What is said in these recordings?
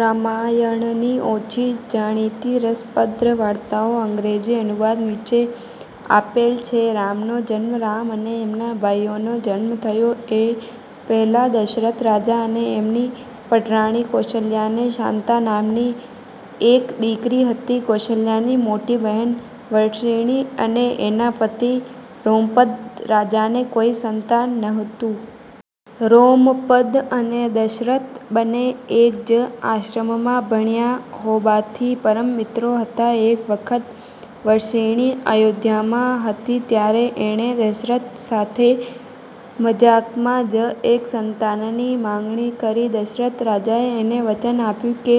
રામાયણની ઓછી જાણીતી રસપ્રદ વાર્તાઓ અંગ્રેજી અનુવાદ નીચે આપેલ છે રામનો જન્મ રામ અને એમના ભાઈઓનો જન્મ થયો એ પહેલાં દશરથ રાજા અને એમની પટરાણી કૌશલ્યાને શાંતા નામની એક દીકરી હતી. કૌશલ્યાની મોટી બહેન વર્ષિણી અને એના પતિ રોમપદ રાજાને કોઈ સંતાન નહોતું. રોમપદ અને દશરથ બંને એક જ આશ્રમમાં ભણ્યા હોવાથી પરમ મિત્રો હતા. એક વખત વર્ષિણી અયોધ્યામાં હતી ત્યારે એણે દશરથ સાથે મજાકમાં જ એક સંતાનની માંગણી કરી. દશરથ રાજાએ એને વચન આપ્યું કે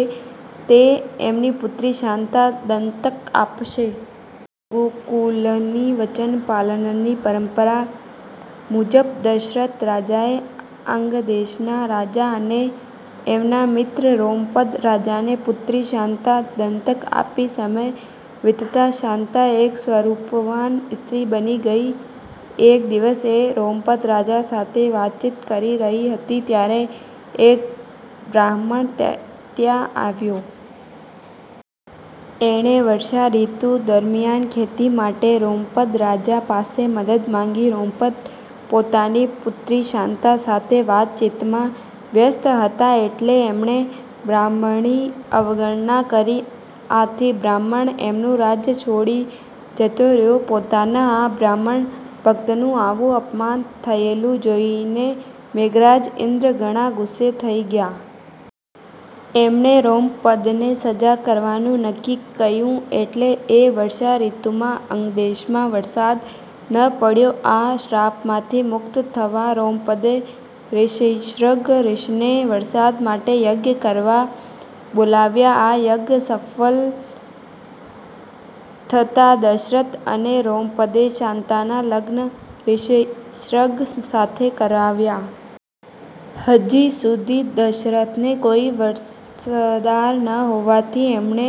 તે એમની પુત્રી શાંતા દત્તક આપશે. રઘુકુળની વચન પાલનની પરંપરા મુજબ દશરથ રાજાએ અંગદેશના રાજા અને એમના મિત્ર રોમપદ રાજાને પુત્રી શાંતા દત્તક આપી. સમય વીતતાં શાંતા એક સ્વરૂપવાન સ્ત્રી બની ગઈ. એક દિવસ એ રોમપદ રાજા સાથે વાતચીત કરી રહી હતી ત્યારે એક બ્રાહ્મણ ત્યાં આવ્યો. એણે વર્ષા ઋતુ દરમ્યાન ખેતી માટે રોમપદ રાજા પાસે મદદ માંગી. રોમપદ પોતાની પુત્રી શાંતા સાથે વાતચીતમાં વ્યસ્ત હતા એટલે એમણે બ્રાહ્મણની અવગણના કરી. આથી બ્રાહ્મણ એમનું રાજય છોડી જતો રહ્યો. પોતાના આ બ્રાહ્મણ ભકતનું આવું અપમાન થયેલું જોઇને મેઘરાજ ઇન્દ્ર ઘણા ગુસ્સે થઇ ગયા. એમણે રોમપદને સજા કરવાનું નક્કી કર્યું એટલે એ વર્ષા ઋતુમાં અંગદેશમાં વરસાદ ન પડ્યો. આ શ્રાપમાંથી મુકત થવા રોમપદે રિશ્યશ્રુંગ ઋષિને વરસાદ માટે યજ્ઞ કરવા બોલાવ્યા. આ યજ્ઞ સફળ થતાં, દશરથ અને રોમપદે શાંતાના લગ્ન રિશ્યશ્રુંગ સાથે કરાવ્યાં. હજી સુધી દશરથને કોઈ વારસદાર ન હોવાથી એમણે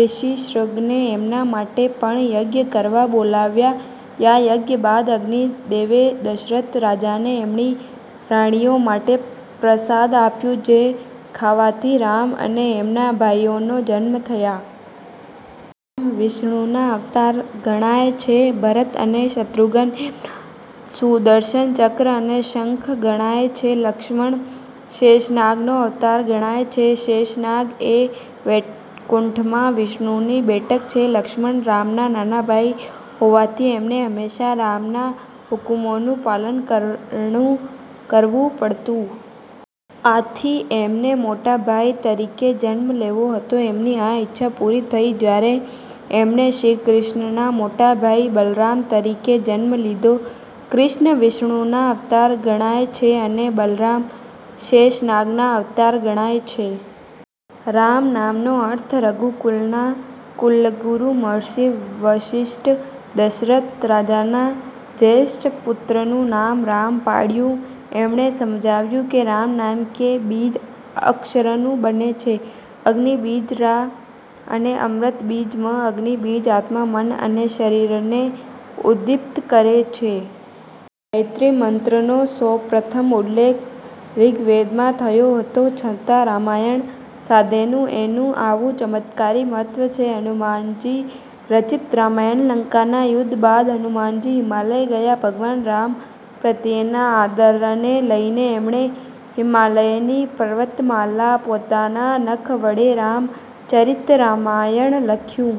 રિશ્યશ્રુંગને એમના માટે પણ યજ્ઞ કરવા બોલાવ્યા. આ યજ્ઞ બાદ અગ્નિ દેવે દશરથ રાજાને એમની રાણીઓ માટે પ્રસાદ આપ્યો જે ખાવાથી રામ અને એમના ભાઈઓના જન્મ થયા. રામ વિષ્ણુના અવતાર ગણાય છે. ભરત અને શત્રુઘ્ન એમના સુદર્શન ચક્ર અને શંખ ગણાય છે. લક્ષ્મણ શેષનાગનો અવતાર ગણાય છે. શેષનાગ એ વૈકુંઠમાં વિષ્ણુની બેઠક છે. લક્ષ્મણ રામના નાના ભાઈ હોવાથી એમને હંમેશાં રામના હુકમોનું પાલન કરવું પડતું. આથી એમને મોટા ભાઈ તરીકે જન્મ લેવો હતો. એમની આ ઈચ્છા પૂરી થઇ જયારે એમણે શ્રીકૃષ્ણના મોટા ભાઈ બલરામ તરીકે જન્મ લીધો. કૃષ્ણ વિષ્ણુના અવતાર ગણાય છે અને બલરામ શેષનાગના અવતાર ગણાય છે. રામ નામનો અર્થ રઘુકુળના કુળગુરૂ મહર્ષિ વશિષ્ઠે દશરથ રાજાના જયેષ્ઠ પુત્રનું નામ રામ પાડ્યું. એમણે સમજાવ્યું કે 'રામ' નામ બે બીજ અક્ષરનું બને છે અગ્નિ બીજ 'રા' અને અમૃત બીજ 'મ'. અગ્નિ બીજ આત્મા, મન અને શરીરને ઉદ્દીપ્ત કરે છે. ગાયત્રી મંત્રનો સૌપ્રથમ ઉલ્લેખ ઋગ્વેદમાં થયો હતો છતાં રામાયણ સાથેનું એનું આવું ચમત્કારી મહત્વ છે. હનુમાનજી રચિત રામાયણ લંકાના યુદ્ધ બાદ હનુમાનજી હિમાલય ગયા. ભગવાન રામ પ્રત્યેના આદરને લઈને એમણે હિમાલયની પર્વતમાળામાં પોતાના નખ વડે રામ ચરિત રામાયણ લખ્યું.